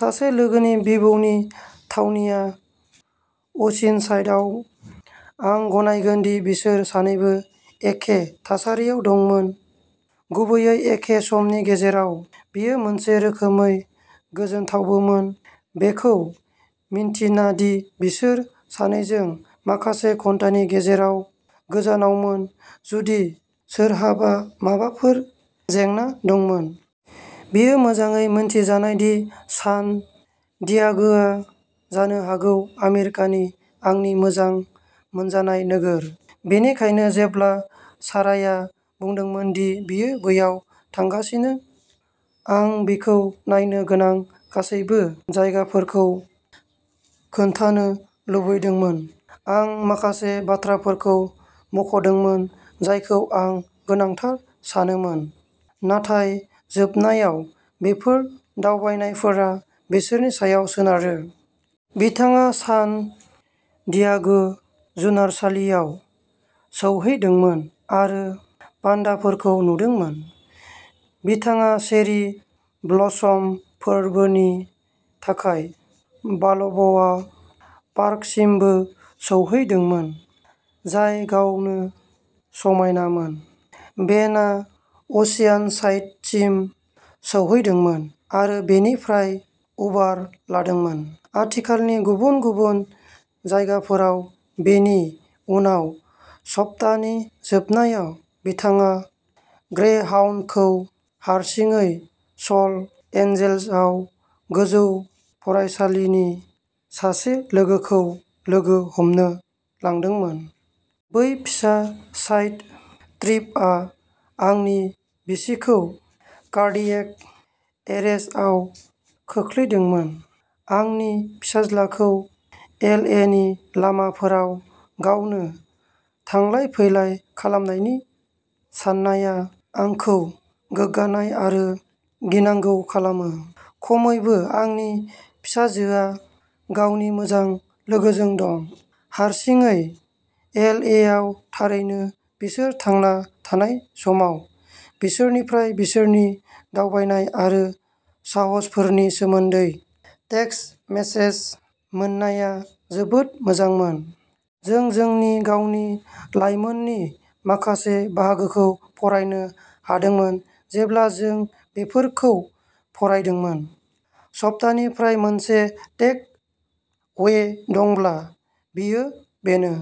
सासे लोगोनि बिबौनि थावनिया अ'सिनसाइडआव। आं गनायगोन दि बिसोर सानैबो एखे थासारियाव दंमोन, गुबैयै एखे समनि गेजेराव। बेयो मोनसे रोखोमै गोजोनथावबोमोन, बेखौ मिन्थिना दि बिसोर सानैजों माखासे घन्टानि गेजेराव गोजानावमोन जुदि सोरहाबा माबाफोर जेंना दंमोन। बेयो मोजाङै मिथिजानाय दि सान डियागोआ जानो हागौ आमेरिकानि आंनि मोजां मोनजानाय नोगोर। बेनिखायनो जेब्ला साराया बुंदोंमोन दि बियो बैयाव थांगासिनो, आं बिखौ नायनो गोनां गासैबो जायगाफोरखौ खोन्थानो लुबैदोंमोन। आं माखासे बाथ्राफोरखौ मुंख'दोंमोन जायखौ आं गोनांथार सानोमोन, नाथाय जोबनायाव, बेफोर दावबायनायफोरा बिसोरनि सायाव सोनारो। बिथाङा सान डियागो जुनारसालियाव सौहैदोंमोन आरो पान्डाफोरखौ नुदोंमोन। बिथाङा चेरी ब्लसम फोरबोनि थाखाय बालब'आ पार्कसिमबो सौहैदोंमोन, जाय गावनो समायनामोन। बेनआ अ'सिनसाइडसिम सौहैदोंमोन आरो बेनिफ्राय उबार लादोंमोन। खाथिखालानि गुबुन गुबुन जायगाफोराव। बेनि उनाव, सप्तानि जोबनायाव, बिथाङा ग्रेहाउन्डखौ हारसिङै ल'स एन्जेल्सआव गोजौ फरायसालिनि सासे लोगोखौ लोगो हमनो लांदोंमोन। बै फिसा साइड ट्रिपआ आंनि बिसिखौ कार्डिएक एरेस्टआव खोख्लैदोंमोन। आंनि फिसाज्लाखौ एल ए नि लामाफोराव गावनो थांलाय फैलाय खालामनायनि साननाया आंखौ गोग्गानाय आरो गिनांगौ खालामो। खमैबो आंनि फिसाजोआ गावनि मोजां लोगोजों दं। हारसिङै एल ए आव थारैनो, बिसोर थांना थानाय समाव बिसोरनिफ्राय बिसोरनि दावबायनाय आरो साहसफोरनि सोमोन्दै टेक्सट मेसेज मोननाया जोबोद मोजांमोन। जों जोंनि गावनि लायमोननि माखासे बाहागोखौ फरायनो हादोंमोन जेब्ला जों बेफोरखौ फरायदोंमोन। सप्तानिफ्राय मोनसे टेक अवे दंब्ला, बेयो बेनो।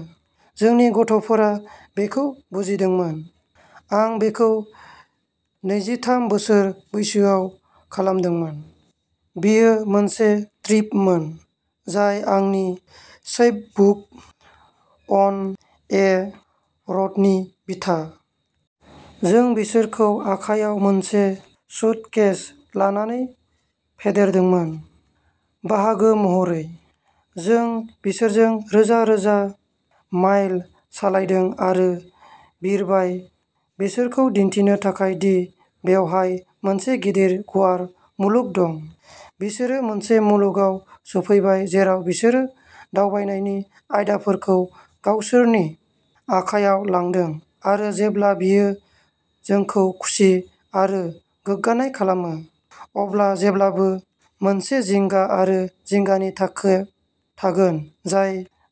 जोंनि गथ'फोरा बेखौ बुजिदोंमोन। आं बेखौ नैजिथाम बोसोर बैसोआव खालामदोंमोन। बेयो मोनसे ट्रिपमोन जाय आंनि चैपबुक, अन ए र'डनि बिथा। जों बिसोरखौ आखायाव मोनसे सुटकेस लानानै फेदेरदोंमोन। बाहागो महरै। जों बिसोरजों रोजा रोजा माइल सालायदों आरो बिरबाय, बिसोरखौ दिन्थिनो थाखाय दि बेवहाय मोनसे गिदिर गुवार मुलुग दं। बिसोरो मोनसे मुगायाव सफैबाय जेराव बिसोरो दावबायनायनि आयदाफोरखौ गावसोरनि आखायाव लादों आरो जेब्ला बेयो जोंखौ खुसि आरो गोग्गानाय खालामो, अब्ला जेब्लाबो मोनसे जिंगा आरो जिंगानि थाखो थागोन जाय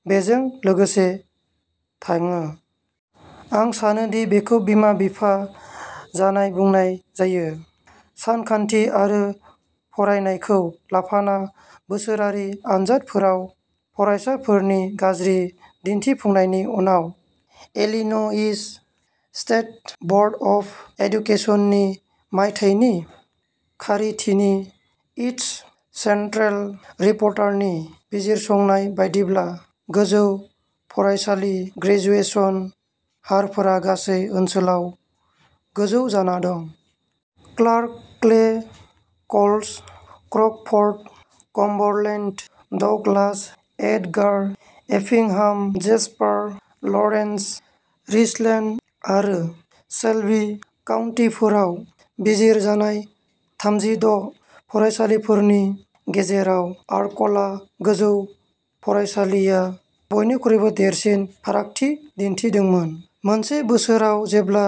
बेजों लोगोसे थाङो। आं सानो दि बेखौ बिमा-बिफा जानाय बुंनाय जायो। सानखान्थि आरो फरायनायखौ लाफाना बोसोरारि आनजादफोराव फरायसाफोरनि गाज्रि दिन्थिफुंनायनि उनावबो, इलिन'इस स्टेट बर्ड अफ एडुकेशननि मायथाइनि खारिथिनि इस्ट सेन्ट्रेल रिपर्टारनि बिजिरसंनाय बायदिब्ला, गोजौ फरायसालि ग्रेजुएशन हारफोरा गासै ओनसोलाव गोजौ जाना दं। Clark, Clay, Coles, Crawford, Cumberland, Douglas, Edgar, Effingham, Jasper, Lawrence, Richland आरो शेल्बी काउन्टिफोराव बिजिरजानाय थामजि द' फरायसालिफोरनि गेजेराव आर्क'ला गोजौ फरायसालिआ बयनिख्रुइबो देरसिन फारागथि दिन्थिदोंमोन। मोनसे बोसोराव जेब्ला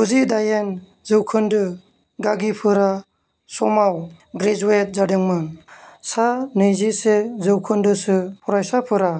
गुजिदायेन जौखोन्दो गागिफोरा समाव ग्रेजुवेट जादोंमोन, सा नैजिसे जौखोन्दोसो फरायसाफोरा।